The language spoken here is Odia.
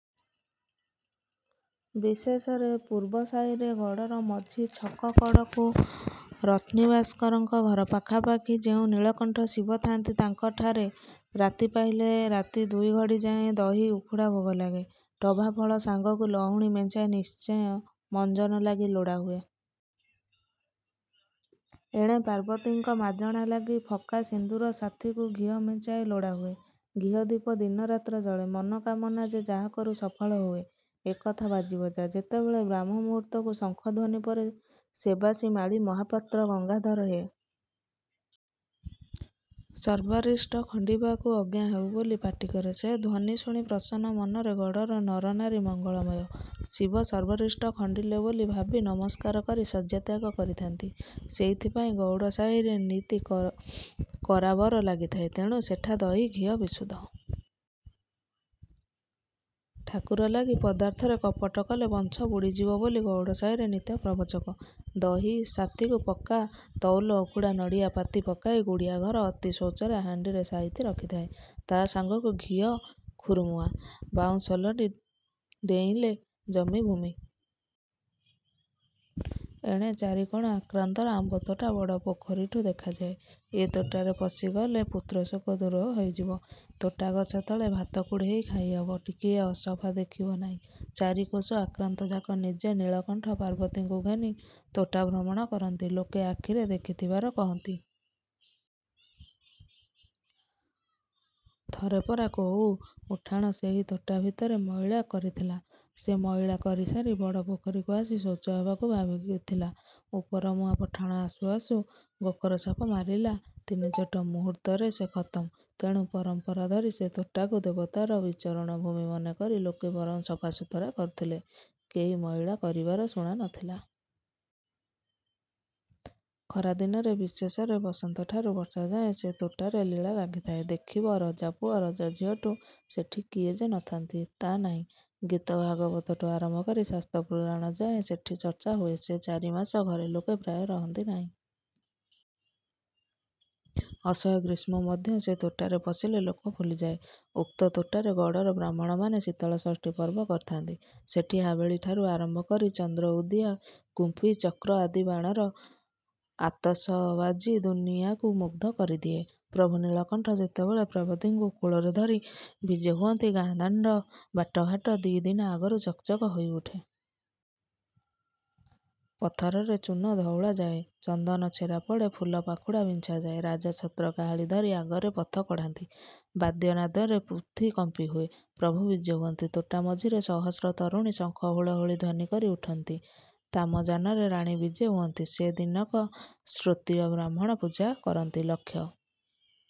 ବିଶେଷରେ ପୂର୍ବ ସାହିରେ ଗଡ଼ର ମଝି ଛକ କଡ଼କୁ ରଥୀ ଭାସ୍କରଙ୍କ ଘର ପାଖାପାଖି ଯେଉଁ ନୀଳକଣ୍ଠ ଶିବ ଥାନ୍ତି, ତାଙ୍କଠାରେ ରାତି ପାହିଲେ ରାତି ଦୁଇଘଡ଼ି ଯାଏ ଦହି ଉଖୁଡ଼ା ଭୋଗ ଲାଗେ। ଟଭା ଫଳ ସାଙ୍ଗକୁ ଲହୁଣୀ ମେଞ୍ଚାଏ ନିଶ୍ଚିୟ ମଞ୍ଜନ ଲାଗି ଲୋଡ଼ା ହୁଏ। ଏଣେ ପାର୍ବତୀଙ୍କ ମାଜଣା ଲାଗି ଫକା ସିନ୍ଦୂର ସାଥିକୁ ଘିଅ ମେଞ୍ଚାଏ ଲୋଡ଼ା ହୁଏ। ଘିଅ ଦୀପ ଦିନରାତ୍ର ଜଳେ। ମନ କାମନା ଯେ ଯାହା କରୁ ସଫଳ ହୁଏ, ଏକଥା ବାଜି ବଜା। ଯେତେବେଳେ ବ୍ରାହ୍ମ ମୂହୁର୍ତ୍ତରୁ ଶଙ୍ଖ ଧ୍ୱନି ପରେ ସେବାସୀ ମାଳୀ ମହାପାତ୍ର ''ଗଙ୍ଗାଧର ହେ! ସର୍ବାରିଷ୍ଟ ଖଣ୍ଡିବାକୁ ଅଜ୍ଞା ହେଉ" ବୋଲି ପାଟିକରେ, ସେ ଧ୍ୱନି ଶୁଣି ପ୍ରସନ୍ନ ମନରେ ଗଡ଼ର ନରନାରୀ ମଙ୍ଗଳମୟ। ଶିବ ସର୍ବରିଷ୍ଟ ଖଣ୍ଡିଲେ ବୋଲି ଭାବି ନରସ୍କାର କରି ଶଯ୍ୟାତ୍ୟାଗ କରିଥାନ୍ତି। ସେଇଥିପାଇଁ ଗଉଡ଼ ସାହିରେ ନିତି କରାବର ଲାଗିଥାଏ। ତେଣୁ ସେଠା ଦହି, ଘିଅ ବିଶୁଦ୍ଧ। ଠାକୁର ଲାଗି ପଦାର୍ଥରେ କପଟ କଲେ, ବଂଶ ବୁଡ଼ିଯିବ ବୋଲି ଗଉଡ଼ ସାହିରେ ନିତ୍ୟ ପ୍ରବଚନ। ଦହି ସାଥୀକୁ ପକ୍କା ତଉଲ ଉଖୁଡ଼ା ନଡ଼ିଆ ପାତି ପକାଇ ଗୁଡ଼ିଆ ଘର ଅତି ଶୌଚରେ ହାଣ୍ଡିରେ ସାଇତି ରଖିଥାଏ। ତା ସାଙ୍ଗକୁ ଘିଅ ଖୁରୁମୁଆଁ। ବାଉଁଶ ଲଟି ଡେଇଁଲେ ଜମି ଭୂମି। ଏଣେ ଚାରିକୋଶ ଆକ୍ରାନ୍ତର ଆମ୍ବତୋଟା ବଡ଼ ପୋଖରୀଠୁ ଦେଖାଯାଏ। ଏ ତୋଟାରେ ପଶିଗଲେ ପୁତ୍ରଶୋକ ଦୂର ହୋଇଯିବ। ତୋଟାଗଛ ତଳେ ଭାତ କୁଢ଼େଇ ଖାଇହେବ। ଟିକିଏ ଅସଫା ଦେଖିବ ନାହିଁ—ଚାରି କୋଶ ଆକ୍ରାନ୍ତଯାକ। ନିଜେ ନିଳକଣ୍ଠ ପାର୍ବତୀଙ୍କୁ ଘେନି ତୋଟା ଭ୍ରମଣ କରନ୍ତି, ଲୋକେ ଆଖିରେ ଦେଖିଥିବାର କହନ୍ତି। ଥରେ ପରା କୋଉ ପଠାଣ ସେହି ତୋଟା ଭିତରେ ମଇଳା କରିଥିଲା। ସେ ମଇଳା କରିସାରି ବଡ଼ ପୋଖରୀକୁ ଆସି ଶୌଚ ହେବାକୁ ଭାବିଥିଲା। ଉପରମୁହାଁ ପଠାଣ ଆସୁ ଆସୁ ଗୋଖର ସାପ ମାରିଲା ତିନି ଚୋଟ। ମୁହୂର୍ତ୍ତକେ ସେ ଖତମ। ତେଣୁ ପରମ୍ପରା ଧରି ସେ ତୋଟାକୁ ଦେବତାର ବିଚରଣ ଭୂମି ମନେକରି ଲୋକେ ବରଂ ସଫା ସୁତୁରା କରୁଥିଲେ' କେହି ମଇଳା କରିବାର ଶୁଣା ନ ଥିଲା। ଖରାଦିନରେ ବିଶେଷରେ ବସନ୍ତଠାରୁ ବର୍ଷାଯାଏ ସେ ତୋଟାରେ ଲୀଳା ଲାଗିଥାଏ। ଦେଖିବ ରଜାପୁଅ, ରଜାଝିଅଠୁ ସେଠି କିଏ ଯେ ନ ଥାନ୍ତି, ତା ନାହିଁ। ଗୀତ ଭାଗବତଠୁ ଆରମ୍ଭ କରି ଶାସ୍ତ୍ର ପୁରାଣ ଯାଏ ସେଠି ଚର୍ଚ୍ଚା ହୁଏ। ସେ ଚାରି ମାସ ଘରେ ଲୋକେ ପ୍ରାୟ ରହନ୍ତି ନାହିଁ। ଅସହ୍ୟ ଗ୍ରୀଷ୍ମ ମଧ୍ୟ ସେ ତୋଟାରେ ପଶିଲେ ଲୋକ ଭୁଲିଯାଏ। ଉକ୍ତ ତୋଟାରେ ଗଡ଼ର ବ୍ରାହ୍ମଣମାନେ ଶୀତଳଷଷ୍ଠୀ ପର୍ବ କରିଥାନ୍ତି। ସେଠି ହାବେଳିଠାରୁ ଆରମ୍ଭ କରି ଚନ୍ଦ୍ରଉଦିଆ, କୁମ୍ପି, ଚକ୍ର ଆଦି ବାଣର ଆତସବାଜି ଦୁନିଆକୁ ମୁଗ୍ଧ କରିଦିଏ। ପ୍ରଭୁ ନିଳକଣ୍ଠ ଯେତେବେଳେ ପାର୍ବତୀଙ୍କୁ କୋଳରେ ଧରି ବିଜେ ହୁଅନ୍ତି, ଗାଁ ଦାଣ୍ଡ ବାଟଘାଟ ଦି ଦିନ ଆଗରୁ ଚକ୍ ଚକ୍ ହୋଇଉଠେ। ପଥରେ ଚୂନ ଧଉଳାଯାଏ। ଚନ୍ଦନ ଛେରା ପଡ଼େ, ଫୁଲପାଖୁଡ଼ା ବିଞ୍ଛାଯାଏ। ରାଜା ଛତ୍ର କାହାଳୀ ଧରି ଆଗରେ ପଥ କଢ଼ାନ୍ତି। ବାଦ୍ୟ ନାଦରେ ପୃଥ୍ୱୀ କମ୍ପିତ ହୁଏ। ପ୍ରଭୁ ବିଜେ ହୁଅନ୍ତି। ତୋଟା ମଝିରେ ସହସ୍ର ତରୁଣୀ ଶଙ୍ଖ, ହୁଳହୁଳି ଧ୍ୱନି କରି ଉଠନ୍ତି। ତାମଯାନରେ ରାଣୀ ବିଜେ ହୁଅନ୍ତି। ସେ ଦିନକ ଶ୍ରୋତ୍ରିୟ ବ୍ରାହ୍ମଣ ପୂଜା କରନ୍ତି। ଲକ୍ଷ